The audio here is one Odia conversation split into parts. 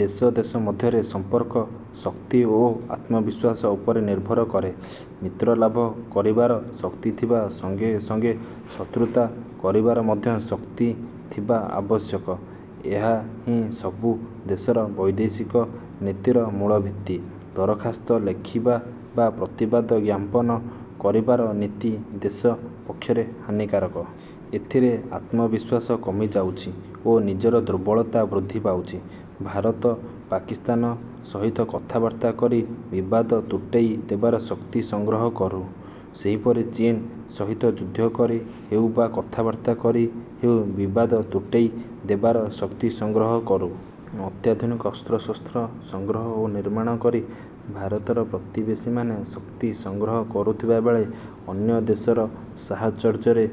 ଦେଶ ଦେଶ ମଧ୍ୟରେ ସମ୍ପର୍କ, ଶକ୍ତି ଓ ଆତ୍ମବିଶ୍ୱାସ ଉପରେ ନିର୍ଭର କରେ। ମିତ୍ରଲାଭ କରିବାର ଶକ୍ତି ଥିବା ସଙ୍ଗେ ସଙ୍ଗେ ଶତ୍ରୁତା କରିବାର ମଧ୍ୟ ଶକ୍ତି ଥିବା ଆବଶ୍ୟକ। ଏହା ହିଁ ସବୁ ଦେଶର ବୈଦେଶିକ ନୀତିର ମୂଳଭିତ୍ତି। ଦରଖାସ୍ତ ଲେଖିବା ବା ପ୍ରତିବାଦ ଜ୍ଞାପନ କରିବାର ନୀତି ଦେଶ ପକ୍ଷରେ ହାନିକାରକ। ଏଥିରେ ଆତ୍ମବିଶ୍ୱାସ କମିଯାଉଛି ଓ ନିଜର ଦୁର୍ବଳତା ବୃଦ୍ଧି ପାଉଛି। ଭାରତ ପାକିସ୍ତାନ ସହିତ କଥାବାର୍ତ୍ତା କରି ବିବାଦ ତୁଟେଇ ଦେବାର ଶକ୍ତି ସଂଗ୍ରହ କରୁ-। ସେହିପରି ଚୀନ ସହିତ ଯୁଦ୍ଧ କରି ହେଉ ବା କଥାବାର୍ତ୍ତା କରି ହେଉ ବିବାଦ ତୁଟେଇ ଦେବାର ଶକ୍ତି ସଂଗ୍ରହ କରୁ। ଅତ୍ୟାଧୁନିକ ଅସ୍ତ୍ରଶସ୍ତ୍ର ସଂଗ୍ରହ ଓ ନିର୍ମାଣ କରି ଭାରତର ପ୍ରତିବେଶୀମାନେ ଶକ୍ତି ସଂଗ୍ରହ କରୁଥିବାବେଳେ, ଅନ୍ୟ ଦେଶର ସାହଚର୍ଯ୍ୟରେ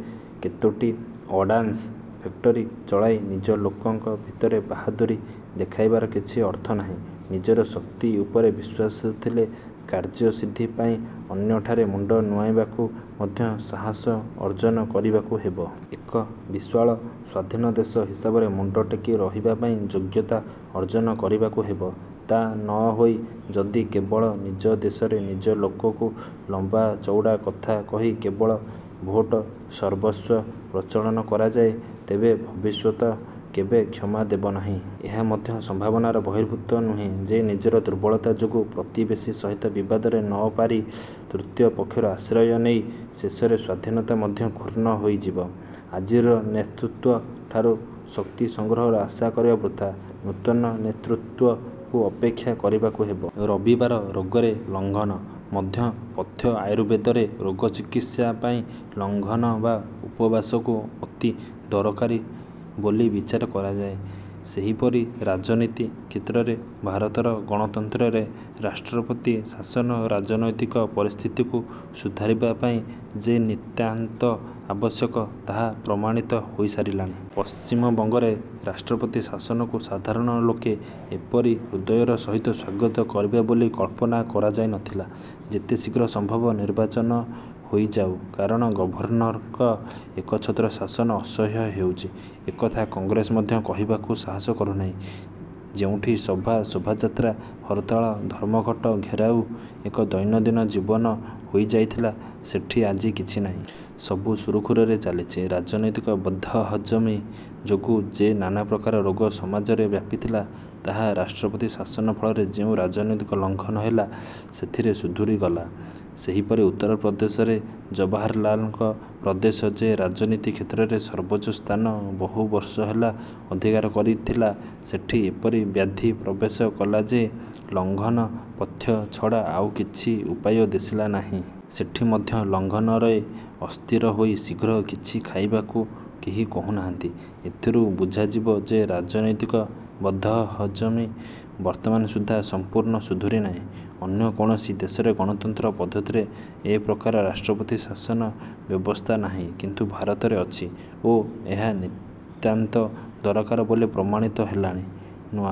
କେତୋଟି ଅର୍ଡ଼ାନ୍ସ ଫେକ୍ଟରି ଚଳାଇ ନିଜ ଲୋକଙ୍କ ଭିତରେ ବାହାଦୂରୀ ଦେଖାଇବାର କିଛି ଅର୍ଥ ନାହିଁ। ନିଜର ଶକ୍ତି ଉପରେ ବିଶ୍ୱାସ ଥିଲେ କାର୍ଯ୍ୟସିଦ୍ଧି ପାଇଁ ଅନ୍ୟଠାରେ ମୁଣ୍ଡ ନୁଆଁଇବାକୁ ମଧ୍ୟ ସାହସ ଅର୍ଜ୍ଜନ କରିବାକୁ ହେବ। ଏକ ବିଶାଳ ସ୍ୱାଧୀନ ଦେଶ ହିସାବରେ ମୁଣ୍ଡ ଟେକି ରହିବାପାଇଁ ଯୋଗ୍ୟତା ଅର୍ଜ୍ଜନ କରିବାକୁ ହେବ। ତା' ନ ହୋଇ ଯଦି କେବଳ ନିଜ ଦେଶରେ ନିଜ ଲୋକକୁ ଲମ୍ବା ଚୌଡ଼ା କଥା କହି କେବଳ ଭୋଟସର୍ବସ୍ୱ ପ୍ରଚଳନ କରାଯାଏ, ତେବେ ଭବିଷ୍ୟତ କେବେ କ୍ଷମା ଦେବନାହିଁ-। ଏହା ମଧ୍ୟ ସମ୍ଭାବନାର ବହିର୍ଭୂତ ନୁହେଁ ଯେ ନିଜର ଦୁର୍ବଳତା ଯୋଗୁଁ ପ୍ରତିବେଶୀ ସହିତ ବିବାଦରେ ନପାରି ତୃତୀୟ ପକ୍ଷର ଆଶ୍ରୟ ନେଇ ଶେଷରେ ସ୍ୱାଧୀନତା ମଧ୍ୟ କ୍ଷୁଣ୍ଣ ହୋଇଯିବ-। ଆଜିର ନେତୃତ୍ୱଠାରୁ ଶକ୍ତି ସଂଗ୍ରହର ଆଶା କରିବା ବୃଥା। ନୂତନ ନେତୃତ୍ୱକୁ ଅପେକ୍ଷା କରିବାକୁ ହେବ-। ରବିବାର ରୋଗରେ ଲଙ୍ଘନ। ମଧ୍ୟ ପଥ୍ୟ ଆୟୁର୍ବେଦରେ ରୋଗ ଚିକିତ୍ସା ପାଇଁ ଲଂଘନ ବା ଉପବାସକୁ ଅତି ଦରକାରୀ ବୋଲି ବିଚାର କରାଯାଏ। ସେହିପରି ରାଜନୀତି କ୍ଷେତ୍ରରେ ଭାରତର ଗଣତନ୍ତ୍ରରେ ରାଷ୍ଟ୍ରପତି ଶାସନ ରାଜନୈତିକ ପରିସ୍ଥିତିକୁ ସୁଧାରିବାପାଇଁ ଯେ ନିତାନ୍ତ ଆବଶ୍ୟକ, ତାହା ପ୍ରମାଣିତ ହୋଇସାରିଲାଣି-। ପଶ୍ଚିମବଙ୍ଗରେ ରାଷ୍ଟ୍ରପତି ଶାସନକୁ ସାଧାରଣ ଲୋକେ ଏପରି ହୃଦୟର ସହିତ ସ୍ୱାଗତ କରିବେ ବୋଲି କଳ୍ପନା କରାଯାଇନଥିଲା। ଯେତେ ଶୀଘ୍ର ସମ୍ଭବ ନିର୍ବାଚନ ହୋଇଯାଉ; କାରଣ ଗଭର୍ଣ୍ଣରଙ୍କ ଏକଛତ୍ର ଶାସନ ଅସହ୍ୟ ହେଉଛି, ଏକଥା କଂଗ୍ରେସ ମଧ୍ୟ କହିବାକୁ ସାହସ କରୁନାହିଁ-। ଯେଉଁଠି ସଭା, ଶୋଭାଯାତ୍ରା, ହରତାଳ, ଧର୍ମଘଟ, ଘେରାଉ ଏକ ଦୈନନ୍ଦିନ ଜୀବନ ହୋଇଯାଇଥିଲା, ସେଠି ଆଜି କିଛି ନାହିଁ। ସବୁ ସୁରୁଖୁରୁରେ ଚାଲିଛି। ରାଜନୈତିକ ବଦ୍ହଜମି ଯୋଗୁ ଯେ ନାନାପ୍ରକାର ରୋଗ ସମାଜରେ ବ୍ୟାପିଥିଲା, ତାହା ରାଷ୍ଟ୍ରପତି ଶାସନ ଫଳରେ ଯେଉଁ ରାଜନୈତିକ ଲଂଘନ ହେଲା, ସେଥିରେ ସୁଧୁରିଗଲା। ସେହିପରି ଉତ୍ତର ପ୍ରଦେଶରେ-। ଜବାହରଲାଲଙ୍କ ପ୍ରଦେଶ ଯେ ରାଜନୀତି କ୍ଷେତ୍ରରେ ସର୍ବୋଚ୍ଚ ସ୍ଥାନ ବହୁ ବର୍ଷ ହେଲା ଅଧିକାର କରିଥିଲା, ସେଠି ଏପରି ବ୍ୟାଧି ପ୍ରବେଶ କଲା ଯେ ଲଂଘନ ପଥ୍ୟ ଛଡ଼ା ଆଉ କିଛି ଉପାୟ ଦିଶିଲା ନାହିଁ। ସେଠି ମଧ୍ୟ ଲଂଘନରେ ଅସ୍ଥିର ହୋଇ ଶୀଘ୍ର କିଛି ଖାଇବାକୁ କେହି କହୁନାହାନ୍ତି। ଏଥିରୁ ବୁଝାଯିବ ଯେ ରାଜନୈତିକ ବଦ୍ହଜମି ବର୍ତ୍ତମାନ ସୁଦ୍ଧା ସଂପୂର୍ଣ୍ଣ ସୁଧୁରିନାହିଁ। ଅନ୍ୟ କୌଣସି ଦେଶରେ ଗଣତନ୍ତ୍ର ପଦ୍ଧତିରେ ଏପ୍ରକାର ରାଷ୍ଟ୍ରପତି ଶାସନର ବ୍ୟବସ୍ଥା ନାହିଁ; କିନ୍ତୁ ଭାରତରେ ଅଛି ଓ ଏହା ନିତାନ୍ତ ଦରକାର ବୋଲି ପ୍ରମାଣିତ ହେଲାଣି। ନୂଆ